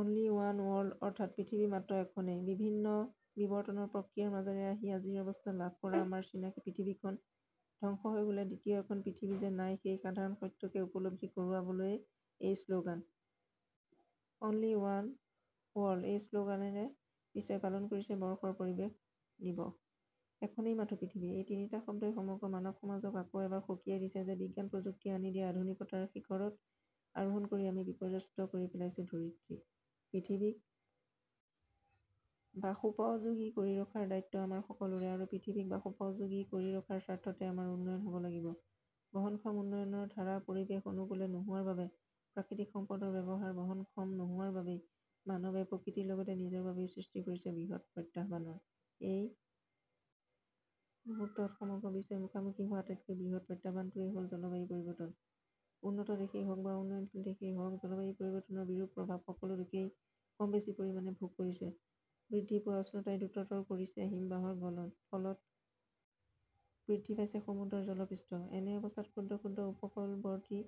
Only one world অৰ্থাৎ পৃথিৱী মাত্ৰ এখনেই। বিভিন্ন বিবৰ্তনৰ প্ৰক্ৰিয়াৰ মাজেৰে আহি আজিৰ অৱস্থা লাভ কৰা আমাৰ চিনাকি পৃথিৱীখন ধ্বংস হৈ গলে দ্বিতীয় এখন পৃথিৱী যে নাই, সেই সাধাৰণ সত্যকে উপলব্ধি কৰোৱাবলৈয়ে এই শ্লগান। অনলি ৱান ৱৰ্ল্ড এই শ্লগানেৰে বিশ্বই পালন কৰিছে বৰ্ষৰ পৰিৱেশ দিৱস। এখনেই মাথো পৃথিৱী- এই তিনিটা শব্দই সমগ্ৰ মানৱ সমাজক আকৌ এবাৰ সকীয়াই দিছে যে বিজ্ঞান প্ৰযুক্তিয়ে আনি দিয়া আধুনিকতাৰ শিখৰত আৰোহণ কৰি আমি বিপৰ্যস্ত কৰি পেলাইছোঁ ধৰিত্ৰী। পৃথিৱীক বাসোপযোগী কৰি ৰখাৰ দায়িত্ব আমাৰ সকলোৰে আৰু পৃথিৱীক বাসোপযোগী কৰি ৰখাৰ স্বাৰ্থতে আমাৰ উন্নয়ন হব লাগিব। বহনক্ষম উন্নয়নৰ ধাৰা পৰিৱেশ অনুকূলে নোহোৱাৰ বাবে, প্ৰাকৃতিক সম্পদৰ ব্যৱহাৰ বহনক্ষম নোহোৱাৰ বাবেই মানৱে প্ৰকৃতিৰ লগতে নিজৰ বাবেও সৃষ্টি কৰিছে বৃহৎ প্ৰত্যাহ্বানৰ। এই মুহূৰ্তত সমগ্ৰ বিশ্বই মুখামুখি হোৱা আটাইতকৈ বৃহৎ প্ৰত্যাহ্বানটোৱেই হল জলবায়ু পৰিৱৰ্তন। উন্নত দেশেই হওক বা উন্নয়নশীল দেশেই হওক জলবায়ু পৰিৱৰ্তনৰ বিৰূপ প্ৰভাৱ সকলো দেশেই কম বেছি পৰিমাণে ভোগ কৰিছে। বৃদ্ধি পোৱা উষ্ণতাই দ্ৰুততৰ কৰিছে হিমবাহৰ গলন। ফলত বৃদ্ধি পাইছে সমুদ্ৰৰ জলপৃষ্ঠ। এনে অৱস্থাত ক্ষুদ্ৰ ক্ষুদ্ৰ উপকূলৱৰ্তী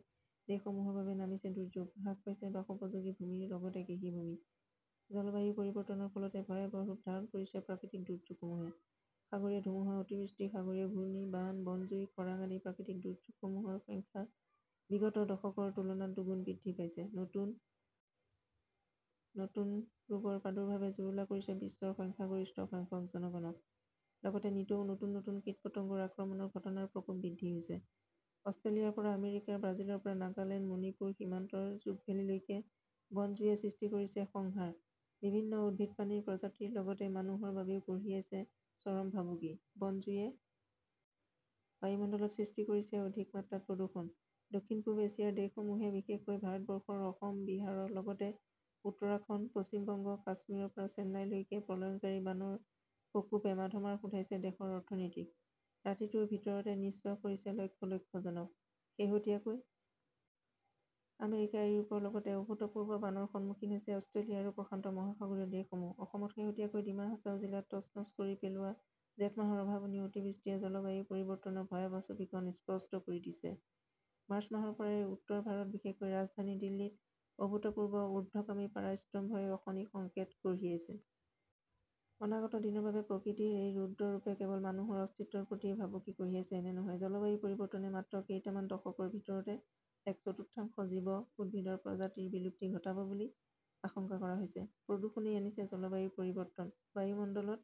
দেশসমূহৰ বাবে নামিছে দুৰ্যোগ। হ্ৰাস পাইছে বাসোপযোগী ভূমিৰ লগতে কৃষি ভূমি। জলবায়ু পৰিৱৰ্তনৰ ফলতে ভয়াৱহ ৰূপ ধাৰণ কৰিছে প্ৰাকৃতিক দুৰ্যোগসমূহে। সাগৰীয় ধুমুহা, অতিবৃষ্টি, সাগৰীয় ঘূৰ্ণী, বান, বনজুই, খৰাং আদি প্ৰাকৃতিক দুৰ্যোগসমূহৰ সংখ্যা বিগত দশকৰ তুলনাত দুগুণ বৃদ্ধি পাইছে। নতুন নতুন ৰোগৰ প্ৰাদূৰ্ভাৱে জুৰুলা কৰিছে বিশ্বৰ গৰিষ্ঠসংখ্যক জনগণক। লগতে নিতৌ নতুন নতুন কীটপতঙ্গৰ আক্ৰমণৰ ঘটনাৰ প্ৰকোপ বৃদ্ধি হৈছে। অষ্ট্ৰেলিয়াৰ পৰা আমেৰিকা, ব্ৰাজিলৰ পৰা নাগালেণ্ড মণিপুৰ সীমান্তৰ জুকভেলীলৈকে বনজুয়ে সৃষ্টি কৰিছে সংহাৰ। বিভিন্ন উদ্ভিদপ্ৰাণীৰ প্ৰজাতিৰ লগতে মানুহৰ বাবেও কঢ়িয়াইছে চৰম ভাবুকি। বনজুয়ে বায়ুমণ্ডলত সৃষ্টি কৰিছে অধিক মাত্ৰাত প্ৰদূষণ। দক্ষিণ পূব এছিয়াৰ দেশসমূহে বিশেষকৈ ভাৰতবৰ্ষৰ অসম, বিহাৰৰ লগতে উত্তৰাখণ্ড, পশ্চিম বংগ, কাশ্মীৰৰ পৰা চেন্নাইলৈকে প্ৰলয়ংকাৰী বানৰ প্ৰকোপে মাধমাৰ শোধাইছে দেশৰ অৰ্থনীতিক। ৰাতিটোৰ ভিতৰতে নি:স্ব কৰিছে লক্ষ লক্ষ জনক। শেহতীয়াকৈ আমেৰিকা, ইউৰোপৰ লগতে অভূতপূৰ্ব বানৰ সন্মুখীন হৈছে অষ্ট্ৰেলিয়া আৰু প্ৰশান্ত মহাসাগৰীয় দেশসমূহ। অসমত শেহতীয়াকৈ ডিমা হাছাও জিলাত তচনচ কৰি পেলোৱা জেঠ মাহৰ অভাৱনীয় অতিবৃষ্টিয়ে জলবায়ু পৰিৱৰ্তনৰ ভয়াৱহ ছবিখন স্পষ্ট কৰি দিছে। মাৰ্চ মাহৰ পৰাই উত্তৰ ভাৰত বিশেষকৈ ৰাজধানী দিল্লীত অভূতপূৰ্ব উৰ্দ্ধগামী পাৰাস্তম্ভই অশনি সংকেত কঢ়িয়াইছে। অনাগত দিনৰ বাবে প্ৰকৃতিৰ এই ৰুদ্ৰ ৰূপে কেৱল মানুহৰ অস্তিত্বৰ প্ৰতিয়েই ভাবুকি কঢ়িয়াইছে এনে নহয়, জলবায়ু পৰিৱৰ্তনে মাত্ৰ কেইটামান দশকৰ ভিতৰতে এক চতুৰ্থাংশ জীৱ, উদ্ভিদৰ প্ৰজাতিৰ বিলুপ্তি ঘটাব বুলি আশংকা কৰা হৈছে। প্ৰদূষণেই আনিছে জলবায়ুৰ পৰিৱৰ্তন। বায়ুমণ্ডলত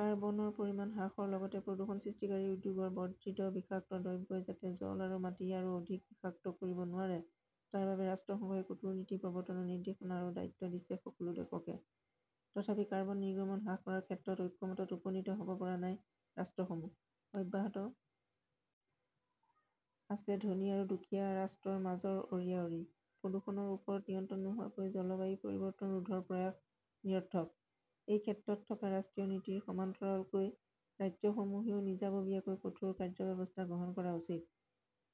কাৰ্বনৰ পৰিমাণ হ্ৰাসৰ লগতে প্ৰদূষণ সৃষ্টিকাৰী উদ্যোগৰ বৰ্জিত বিষাক্ত দ্ৰব্যই যাতে জল আৰু মাটি আৰু অধিক বিষাক্ত কৰিব নোৱাৰে তাৰ বাবে ৰাষ্ট্ৰসংঘই কঠোৰ নীতি প্ৰবৰ্তনৰ নিৰ্দেশনা আৰু দায়িত্ব দিছে সকলো দেশকে। তথাপি কাৰ্বন নিগৰ্মন হ্ৰাস কৰাৰ ক্ষেত্ৰত ঐক্যমতত উপনীত হ'ব পৰা নাই ৰাষ্ট্ৰসমূহ। অব্যাহত আছে ধনী আৰু দুখীয়া ৰাষ্ট্ৰৰ মাজৰ অঁৰিয়া অঁৰি। প্ৰদূষণৰ ওপৰত নিয়ন্ত্ৰণ নোহোৱাকৈ জলবায়ু পৰিৱৰ্তন ৰোধৰ প্ৰয়াস নিৰৰ্থক। এই ক্ষেত্ৰত থকা ৰাষ্ট্ৰীয় নীতিৰ সমান্তৰালকৈ ৰাজ্যসমূহেও নিজাববীয়াকৈ কঠোৰ কাৰ্যব্যৱস্থা গ্ৰহণ কৰা উচিত।